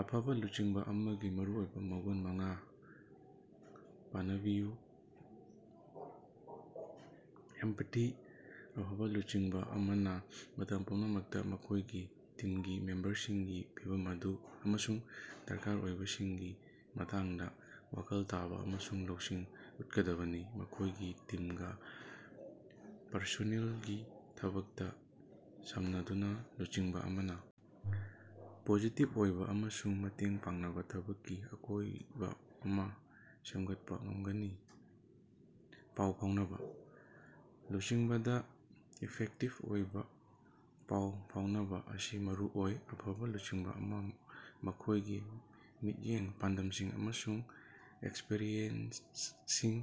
ꯑꯐꯕ ꯂꯨꯆꯤꯡꯕ ꯑꯃꯒꯤ ꯃꯔꯨꯑꯣꯏꯕ ꯃꯒꯨꯟ ꯃꯉꯥ ꯄꯅꯕꯤꯌꯨ꯫ ꯑꯦꯝꯄꯊꯤ: ꯑꯐꯕ ꯂꯨꯆꯤꯡꯕ ꯑꯃꯅ ꯃꯇꯝ ꯄꯨꯝꯅꯃꯛꯇ ꯃꯈꯣꯏꯒꯤ ꯇꯤꯝꯒꯤ ꯃꯦꯝꯕꯔꯁꯤꯡꯒꯤ ꯐꯤꯚꯝ ꯑꯃꯁꯨꯡ ꯗꯔꯀꯥꯔ ꯑꯣꯏꯕꯁꯤꯡꯒꯤ ꯃꯇꯥꯡꯗ ꯋꯥꯈꯜ ꯇꯥꯕ ꯑꯃꯁꯨꯡ ꯂꯧꯁꯤꯡ ꯎꯠꯀꯗꯕꯅꯤ꯫ ꯃꯈꯣꯏꯒꯤ ꯇꯤꯝꯒ ꯄꯔꯁꯣꯅꯦꯜꯒꯤ ꯊꯕꯛꯇ ꯁꯝꯅꯗꯨꯅ ꯂꯨꯆꯤꯡꯕ ꯑꯃꯅ ꯄꯣꯖꯤꯇꯤꯚ ꯑꯣꯏꯕ ꯑꯃꯁꯨꯡ ꯃꯇꯦꯡ ꯄꯥꯡꯅꯕ ꯊꯕꯛꯀꯤ ꯑꯀꯣꯏꯕ ꯑꯃ ꯁꯦꯝꯒꯠꯄ ꯉꯝꯒꯅꯤ꯫ ꯄꯥꯎ ꯐꯥꯎꯅꯕ: ꯂꯨꯆꯤꯡꯕꯗ ꯏꯐꯦꯛꯇꯤꯚ ꯑꯣꯏꯕ ꯄꯥꯎ ꯐꯥꯎꯅꯕ ꯑꯁꯤ ꯃꯔꯨ ꯑꯣꯏ꯫ ꯑꯐꯕ ꯂꯨꯆꯤꯡꯕ ꯑꯃꯅ ꯃꯈꯣꯏꯒꯤ ꯃꯤꯠꯌꯦꯡ, ꯄꯥꯟꯗꯝꯁꯤꯡ ꯑꯃꯁꯨꯡ ꯑꯦꯁꯄꯤꯔꯦꯁꯟꯁꯤꯡ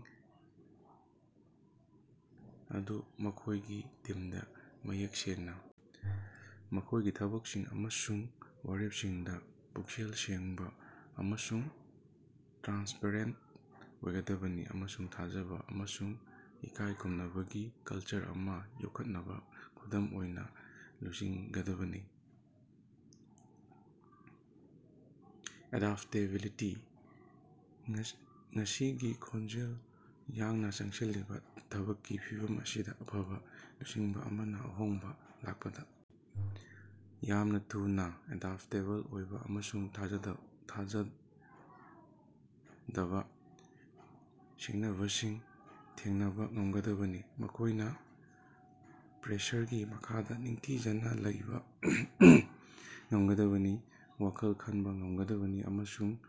ꯑꯗꯨ ꯃꯈꯣꯏꯒꯤ ꯇꯤꯝꯗ ꯃꯌꯦꯛ ꯁꯦꯡꯅ ꯃꯈꯣꯏꯒꯤ ꯊꯕꯛꯁꯤꯡ ꯑꯃꯁꯨꯡ ꯋꯥꯔꯦꯞꯁꯤꯡꯗ ꯄꯨꯛꯆꯦꯜ ꯁꯦꯡꯕ ꯑꯃꯁꯨꯡ ꯇ꯭ꯔꯥꯟꯁꯄꯦꯔꯦꯟꯇ ꯑꯣꯏꯒꯗꯕꯅꯤ ꯑꯃꯁꯨꯡ ꯊꯥꯖꯕ ꯑꯃꯁꯨꯡ ꯏꯀꯥꯏ ꯈꯨꯝꯅꯕꯒꯤ ꯀꯜꯆꯔ ꯑꯃ ꯌꯣꯛꯈꯠꯅꯕ ꯈꯨꯗꯝ ꯑꯣꯏꯅ ꯂꯨꯆꯤꯡꯒꯗꯕꯅꯤ꯫ ꯑꯦꯗꯥꯞꯇꯦꯕꯤꯂꯤꯇꯤ: ꯉꯁꯤꯒꯤ ꯈꯣꯡꯖꯦꯜ ꯌꯥꯡꯅ ꯆꯪꯁꯤꯜꯂꯤꯕ ꯊꯕꯛꯀꯤ ꯐꯤꯚꯝ ꯑꯁꯤꯗ ꯑꯐꯕ ꯂꯨꯆꯤꯡꯕ ꯑꯃꯅ ꯑꯍꯣꯡꯕ ꯂꯥꯛꯄꯗ ꯌꯥꯝꯅ ꯊꯨꯅ ꯑꯦꯗꯥꯞꯇꯦꯕꯜ ꯑꯣꯏꯕ ꯑꯃꯁꯨꯡ ꯊꯥꯖꯗ ꯊꯥꯖꯗꯕ ꯁꯤꯡꯅꯕꯁꯤꯡ ꯊꯦꯡꯅꯕ ꯉꯝꯒꯗꯕꯅꯤ꯫ ꯃꯈꯣꯏꯅ ꯄ꯭ꯔꯦꯁꯔꯒꯤ ꯃꯈꯥꯗ ꯅꯤꯡꯊꯤꯖꯅ ꯂꯩꯕ ꯉꯝꯒꯗꯕꯅꯤ꯫ ꯋꯥꯈꯜ ꯈꯟꯕ ꯉꯝꯒꯗꯕꯅꯤ ꯑꯃꯁꯨꯡ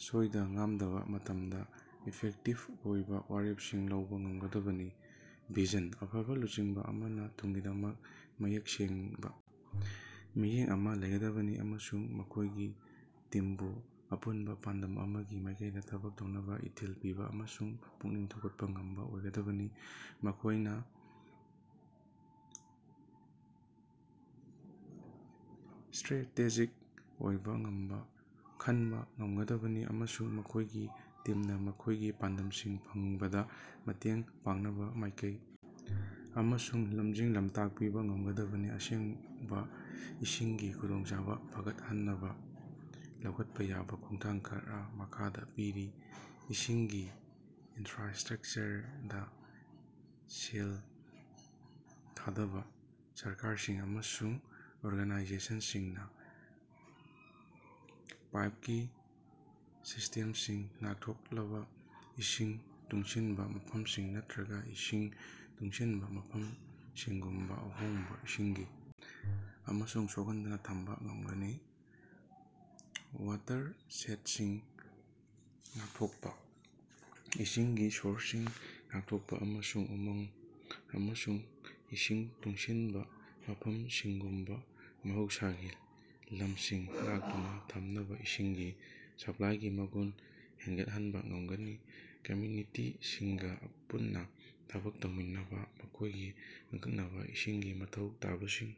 ꯁꯣꯏꯗ-ꯉꯥꯝꯗꯕ ꯃꯇꯝꯗ ꯏꯐꯦꯛꯇꯤꯚ ꯑꯣꯏꯕ ꯋꯥꯔꯦꯞꯁꯤꯡ ꯂꯧꯕ ꯉꯝꯒꯗꯕꯅꯤ꯫ ꯚꯤꯖꯟ: ꯑꯐꯕ ꯂꯨꯆꯤꯡꯕ ꯑꯃꯅ ꯇꯨꯡꯒꯤꯗꯃꯛ ꯃꯌꯦꯛ ꯁꯦꯡꯕ ꯃꯤꯠꯌꯦꯡ ꯑꯃꯥ ꯂꯩꯒꯗꯕꯅꯤ ꯑꯃꯁꯨꯡ ꯃꯈꯣꯏꯒꯤ ꯇꯤꯝꯕꯨ ꯑꯄꯨꯟꯕ ꯄꯥꯟꯗꯝ ꯑꯃꯒꯤ ꯃꯥꯏꯀꯩꯗ ꯊꯕꯛ ꯇꯧꯅꯕ ꯏꯊꯤꯜ ꯄꯤꯕ ꯑꯃꯁꯨꯡ ꯄꯨꯛꯅꯤꯡ ꯊꯧꯒꯠꯄ ꯉꯝꯕ ꯑꯣꯏꯒꯗꯕꯅꯤ꯫ ꯃꯈꯣꯏꯅ ꯁ꯭ꯇꯔꯦꯇꯦꯖꯤꯛ ꯑꯣꯏꯅ ꯈꯟꯕ ꯉꯝꯒꯗꯕꯅꯤ ꯑꯃꯁꯨꯡ ꯃꯈꯣꯏꯒꯤ ꯇꯤꯝꯅ ꯃꯈꯣꯏꯒꯤ ꯄꯥꯟꯗꯝꯁꯤꯡ ꯐꯪꯕꯗ ꯃꯇꯦꯡ ꯄꯥꯡꯅꯕ ꯃꯥꯏꯀꯩ ꯑꯃꯁꯨꯡ ꯂꯝꯖꯤꯡ-ꯂꯝꯇꯥꯛ ꯄꯤꯕ ꯉꯝꯒꯗꯕꯅꯤ꯫ ꯑꯁꯦꯡꯕ ꯏꯁꯤꯡꯒꯤ ꯈꯨꯗꯣꯡꯆꯥꯕ ꯐꯒꯠꯍꯟꯅꯕ ꯂꯧꯈꯠꯄ ꯌꯥꯕ ꯈꯣꯡꯊꯥꯡ ꯈꯔꯥ ꯃꯈꯥꯗ ꯄꯤꯔꯤ:- ꯏꯁꯤꯡꯒꯤ ꯏꯟꯐ꯭ꯔꯥꯁꯇ꯭ꯔꯛꯆꯔꯗ ꯁꯦꯜ ꯊꯥꯗꯕ: ꯁꯔꯀꯥꯔꯁꯤꯡ ꯑꯃꯁꯨꯡ ꯑꯣꯔꯒꯅꯥꯏꯖꯦꯁꯟꯁꯤꯡꯅ ꯄꯥꯏꯞꯀꯤ ꯁꯤꯁꯇꯦꯝꯁꯤꯡ, ꯉꯥꯛꯊꯣꯛꯂꯕ ꯏꯁꯤꯡ, ꯇꯨꯡꯁꯤꯟꯕ ꯃꯐꯝꯁꯤꯡ ꯅꯠꯇ꯭ꯔꯒ ꯏꯁꯤꯡ ꯇꯨꯡꯁꯤꯟꯕ ꯃꯐꯝꯁꯤꯡꯒꯨꯝꯕ ,ꯑꯍꯣꯡꯕ ꯏꯁꯤꯡꯒꯤ ꯑꯃꯁꯨꯡ ꯁꯣꯛꯍꯟꯗꯅ ꯊꯝꯕ ꯉꯝꯒꯅꯤ꯫ ꯋꯥꯇꯔꯁꯦꯗꯁꯤꯡ ꯉꯥꯛꯊꯣꯛꯄꯥ: ꯏꯁꯤꯡꯒꯤ ꯁꯣꯔꯁꯁꯤꯡ ꯉꯥꯛꯊꯣꯛꯄ ꯑꯃꯁꯨꯡ ꯎꯃꯪ ꯑꯃꯁꯨꯡ ꯏꯁꯤꯡ ꯇꯨꯡꯁꯤꯟꯕ ꯃꯐꯝꯁꯤꯡꯒꯨꯝꯕ ꯃꯍꯧꯁꯥꯒꯤ ꯂꯝꯁꯤꯡ ꯉꯥꯛꯇꯨꯅ ꯊꯝꯕꯅ ꯏꯁꯤꯡꯒꯤ ꯁꯄ꯭ꯂꯥꯏꯒꯤ ꯃꯒꯨꯟ ꯍꯦꯟꯒꯠꯍꯟꯕ ꯉꯝꯒꯅꯤ꯫ ꯀꯝꯃ꯭ꯌꯨꯅꯤꯇꯤꯁꯤꯡꯒ ꯄꯨꯟꯅ ꯊꯕꯛ ꯇꯧꯃꯤꯟꯅꯕ: ꯃꯈꯣꯏꯒꯤ ꯑꯀꯛꯅꯕ ꯏꯁꯤꯡꯒꯤ ꯃꯊꯧ ꯇꯥꯕꯁꯤꯡ